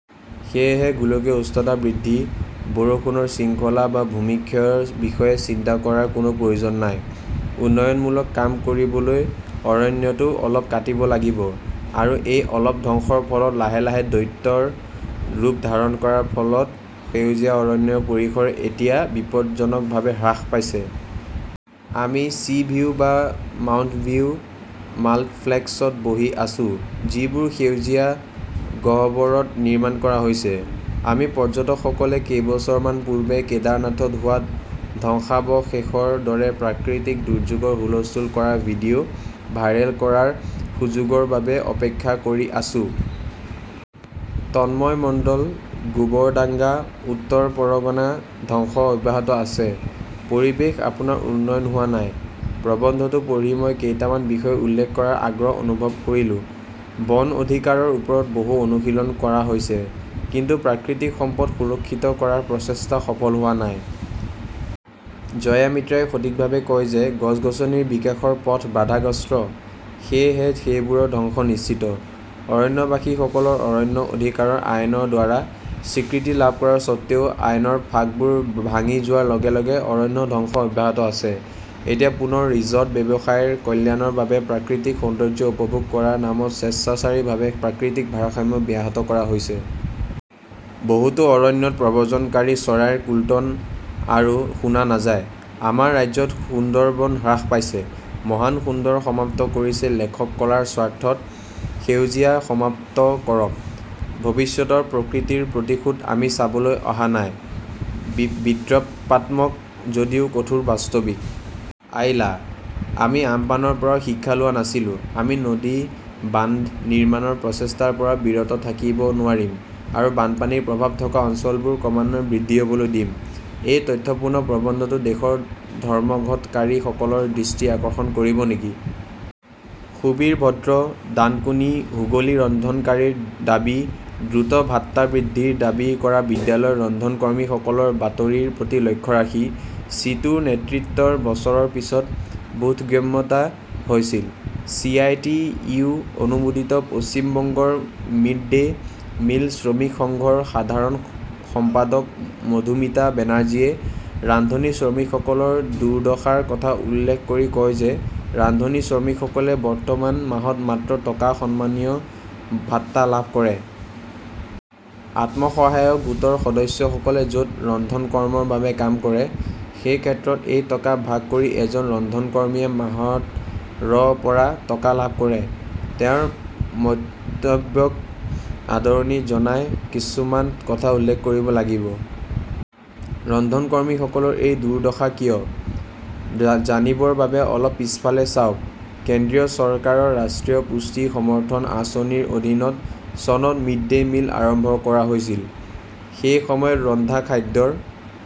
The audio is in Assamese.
সেয়েহে, গোলকীয় উষ্ণতা বৃদ্ধি, বৰষুণৰ শৃংখলা বা ভূমিক্ষয়ৰ বিষয়ে চিন্তা কৰাৰ কোনো প্ৰয়োজন নাই। উন্নয়নমূলক কাম কৰিবলৈ অৰণ্যটো অলপ কাটিব লাগিব। আৰু এই 'অলপ' ধ্বংসৰ ফলত লাহে লাহে দৈত্যৰ ৰূপ ধাৰণ কৰাৰ ফলত সেউজীয়া অৰণ্যৰ পৰিসৰ এতিয়া বিপদজনকভাৱে হ্ৰাস পাইছে। আমি 'চি ভিউ' বা 'মাউণ্ট ভিউ' মাল্টফ্লেক্সত বহি আছো, যিবোৰ সেউজীয়া গহ্বৰত নিৰ্মাণ কৰা হৈছে। আমি পৰ্যটকসকলে কেইবছৰমান পূৰ্বে কেদাৰনাথত হোৱা ধ্বংসাৱশেষৰ দৰে প্ৰাকৃতিক দুৰ্যোগৰ হুলস্থুল কৰা ভিডিঅ "ভাইৰেল কৰাৰ সুযোগৰ বাবে অপেক্ষা কৰি আছো! তন্ময় মণ্ডল, গোবৰডাংগা, উত্তৰ পৰগনা ধ্বংস অব্যাহত আছে 'পৰিৱেশ, আপোনাৰ উন্নয়ন হোৱা নাই? "প্ৰবন্ধটো পঢ়ি মই কেইটামান বিষয় উল্লেখ কৰাৰ আগ্ৰহ অনুভৱ কৰিলো। বন অধিকাৰৰ ওপৰত বহু অনুশীলন কৰা হৈছে, কিন্তু প্ৰাকৃতিক সম্পদ সুৰক্ষিত কৰাৰ প্ৰচেষ্টা সফল হোৱা নাই। জয়া মিত্ৰাই সঠিকভাৱে কয় যে গছ-গছনিৰ বিকাশৰ পথ বাধাগ্ৰস্ত, সেয়েহে সেইবোৰৰ ধ্বংস নিশ্চিত! অৰণ্যবাসীসকলৰ অৰণ্য অধিকাৰ আইনৰ দ্বাৰা স্বীকৃতি লাভ কৰাৰ স্বত্ত্বেও, আইনৰ ফাঁকবোৰ ভাঙি যোৱাৰ লগে লগে অৰণ্য ধ্বংস অব্যাহত আছে। এতিয়া পুনৰ ৰিজৰ্ট ব্যৱসায়ৰ কল্যাণৰ বাবে প্ৰাকৃতিক সৌন্দৰ্য্য উপভোগ কৰাৰ নামত স্বেচ্ছাচাৰীভাৱে প্ৰাকৃতিক ভাৰসাম্য ব্যাহত কৰা হৈছে। বহুতো অৰণ্যত প্ৰব্ৰজনকাৰী চৰাইৰ কোল্টন আৰু শুনা নাযায়। আমাৰ ৰাজ্যত সুন্দৰবন হ্ৰাস পাইছে। মহান সুন্দৰ সমাপ্ত কৰিছে লেখক-কলাৰ স্বাৰ্থত সেউজীয়া সমাপ্ত কৰক, ভৱিষ্যতৰ প্ৰকৃতিৰ প্ৰতিশোধ আমি চাবলৈ অহা নাই! বিদ্ৰূপাত্মক যদিও কঠোৰ বাস্তৱিক। আইলা, আমি আমপানৰ পৰাও শিক্ষা লোৱা নাছিলো। আমি নদী বান্ধ নিৰ্মাণৰ প্ৰচেষ্টাৰ পৰাও বিৰত থাকিব নোৱাৰিম, আৰু বানপানীৰ প্ৰভাৱ থকা অঞ্চলবোৰ ক্ৰমান্বয়ে বৃদ্ধি হ 'বলৈ দিম! এই তথ্যপূৰ্ণ প্ৰবন্ধটো দেশৰ ধৰ্মঘটকাৰীসকলৰ দৃষ্টি আকৰ্ষণ কৰিব নেকি? সুবীৰ ভদ্ৰ, ডানকুনী, হুগলী ৰন্ধনকাৰীৰ দাবী 'দ্ৰুত ভাত্তা বৃদ্ধিৰ দাবী কৰা বিদ্যালয়ৰ ৰন্ধন কৰ্মীসকলৰ' বাতৰিৰ প্ৰতি লক্ষ্য ৰাখি, চিটুৰ নেতৃত্বৰ বছৰৰ পিছত বোধগম্যতা হৈছিল। চি. আই. টি. ইউ. অনুমোদিত 'পশ্চিম বংগৰ মিড-ডে মিল শ্ৰমিক সংঘ "ৰ সাধাৰণ সম্পাদক মধুমিটা বেনাৰ্জীয়ে ৰান্ধনী শ্ৰমিকসকলৰ দুৰ্দশাৰ কথা উল্লেখ কৰি কয় যে ৰান্ধনী শ্ৰমিকসকলে বৰ্তমান মাহত মাত্ৰ টকা সন্মানীয় ভাত্তা লাভ কৰে। আত্মসহায়ক গোটৰ সদস্যসকলে য 'ত ৰন্ধন কৰ্মৰ বাবে কাম কৰে, সেই ক্ষেত্ৰত এই টকা ভাগ কৰি এজন ৰন্ধন কৰ্মীয়ে মাহত ৰ পৰা টকা লাভ কৰে। তেওঁৰ মন্তব্যক আদৰণি জনাই কিছুমান কথা উল্লেখ কৰিব লাগিব। ৰন্ধন কৰ্মীসকলৰ এই দুৰ্দশা কিয়? জানিবৰ বাবে অলপ পিছফালে চাওক। কেন্দ্ৰীয় চৰকাৰৰ ৰাষ্ট্ৰীয় পুষ্টি সমৰ্থন আঁচনিৰ অধীনত চনত 'মিড-ডে মিল "আৰম্ভ কৰা হৈছিল। সেই সময়ত ৰন্ধা খাদ্যৰ